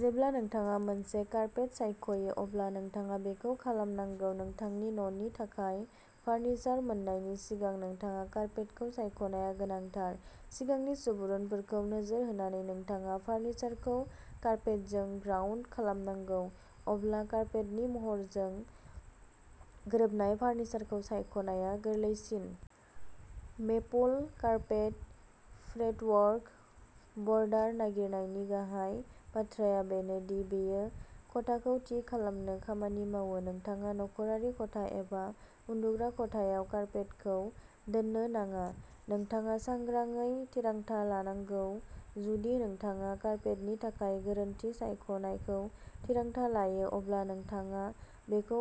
जेब्ला नोंथाङा मोनसे कारपेट सायख'यो अब्ला नोंथाङा बेखौ खालामनांगौ। नोंथांनि न'नि थाखाय फार्निचार मोननायनि सिगां नोंथाङा कारपेटखौ सायख'नाया गोनांथार। सिगांनि सुबुरुनफोरखौ नोजोर होनानै नोंथाङा फार्निचारखौ कारपेटजों ग्राउन्ड खालामनांगौ, अब्ला कारपेटनि महरजों गोरोबनाय फार्निचारखौ सायख'नाया गोरलैसिन। मेपल कारपेट फ्रेटवर्क बर्डार नागिरनायनि गाहाय बाथ्राया बेनो दि बेयो खथाखौ थि खालामनो खामानि मावो। नोंथाङा नखरारि खथा एबा उन्दुग्रा खथायाव कारपेटखौ दोननो नाङा, नोंथाङा सांग्राङै थिरांथा लानांगौ। जुदि नोंथाङा कारपेटनि थाखाय गोरोन्थि सायख'नायखौ थिरांथा लायो, अब्ला नोंथाङा बेखौ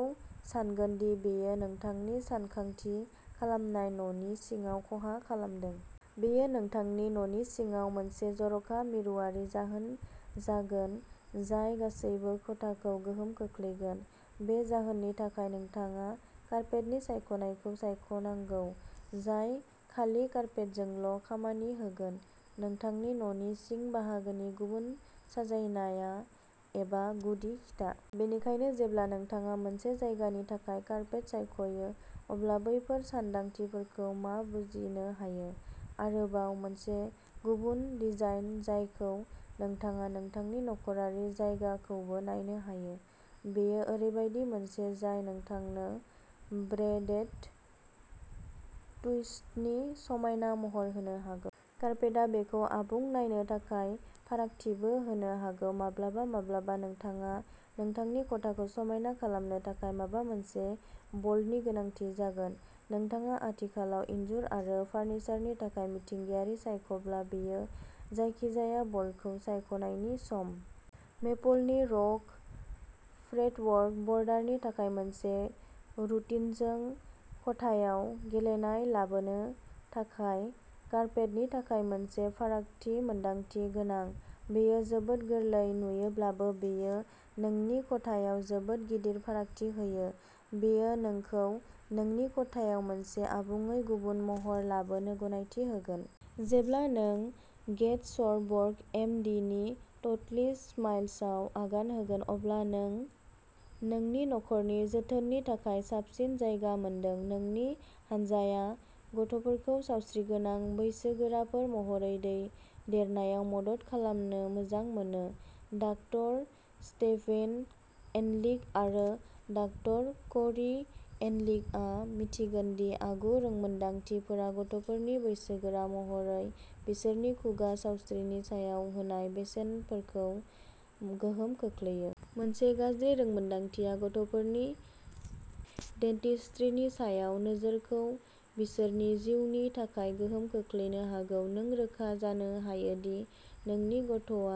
सानगोन दि बेयो नोंथांनि सानथांखि खालामनाय न'नि सिङाव खहा खालामदों। बेयो नोंथांनि न'नि सिङाव मोनसे जर'खा मिरुवारि जाहोन जागोन जाय गासै खथाखौ गोहोम खोख्लैगोन। बे जाहोननि थाखाय नोंथाङा कारपेटनि सायख'नायखौ सायख'नांगौ जाय खालि कारपेटजोंल'खामानि होगोन। नोंथांनि न'नि सिं बाहागोनि गुबुन साजायनाय एबा गुदि खिथा। बेनिखायनो, जेब्ला नोंथाङा मोनसे जायगानि थाखाय कारपेट सायख'यो, अब्ला बैफोर सानदांथिफोरखौ मा बुजिनो हायो? आरोबाव मोनसे गुबुन डिजाइन जायखौ नोंथाङा नोंथांनि नख'रारि जायगाखौबो नायनो हायो, बेयो ओरैबायदि मोनसे जाय नोंथांनो ब्रेडेड टुइस्टनि समायना महर होनो हागौ। कारपेटआ बेखौ आबुं नायनो थाखाय फारागथिबो होनो हागौ। माब्लाबा-माब्लाबा, नोंथाङा नोंथांनि खथाखौ समायना खालामनो थाखाय माबा मोनसे बल्डनि गोनांथि जागोन। नोंथाङा आथिखालाव इनजुर आरो फार्निचारनि थाखाय मिथिंगायारि सायख'ब्ला, बेयो जायखिजाया बल्डखौ सायख'नायनि सम। मेपलनि रग फ्रेटवर्क बर्डारनि थाखाय मोनसे रुटिनजों। खथायाव गेलेनाय लाबोनो थाखाय कारपेटनि थाखाय मोनसे फारागथि मोनदांथि गोनां। बेयो जोबोद गोरलै नुयोब्लाबो, बेयो नोंनि खथायाव जोबोद गिदिर फारागथि होयो। बेयो नोंखौ नोंनि खथायाव मोनसे आबुङै गुबुन महर लाबोनो गनायथि होगोन। जेब्ला नों गेथर्सबर्ग, एम. डि. नि टटलिस्माइल्सआव आगान होगोन, अब्ला नों मिन्थिगोन दि नों नोंनि नखरनि जोथोननि थाखाय साबसिन जायगा मोनदों। जोंनि हानजाया गथ'फोरखौ सावस्रिगोनां बैसोगोराफोर महरै देरनायाव मदद खालामनो मोजां मोनो। डाक्टार स्टेभेन एनलिक आरो डाक्टार क'री एनलिकआ मिन्थिगोन दि आगु रोंमोनदांथिफोरा गथ'फोरनि बैसोगोरा महरै बिसोरनि खुगा सावस्रिनि सायाव होनाय बेसेनखौ गोहोम खोख्लैयो। मोनसे गाज्रि रोंमोनदांथिया गथ'फोरनि डेन्टिस्ट्रीनि सायाव नोजोरखौ बिसोरनि जिउनि थाखाय गोहोम खोख्लैनो हागौ। नों रोखा जानो हायो दि नोंनि गथ'आ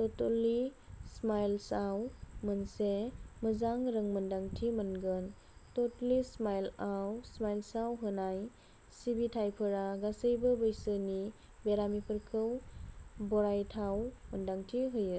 टटलीस्माइल्सआव मोनसे मोजां रोंमोनदांथि मोनगोन। टटलीस्माइल्सआव होनाय सिबिथाइफोरा गासैबो बैसोनि बेरामिफोरखौ बरायथाव मोनदांथि होयो।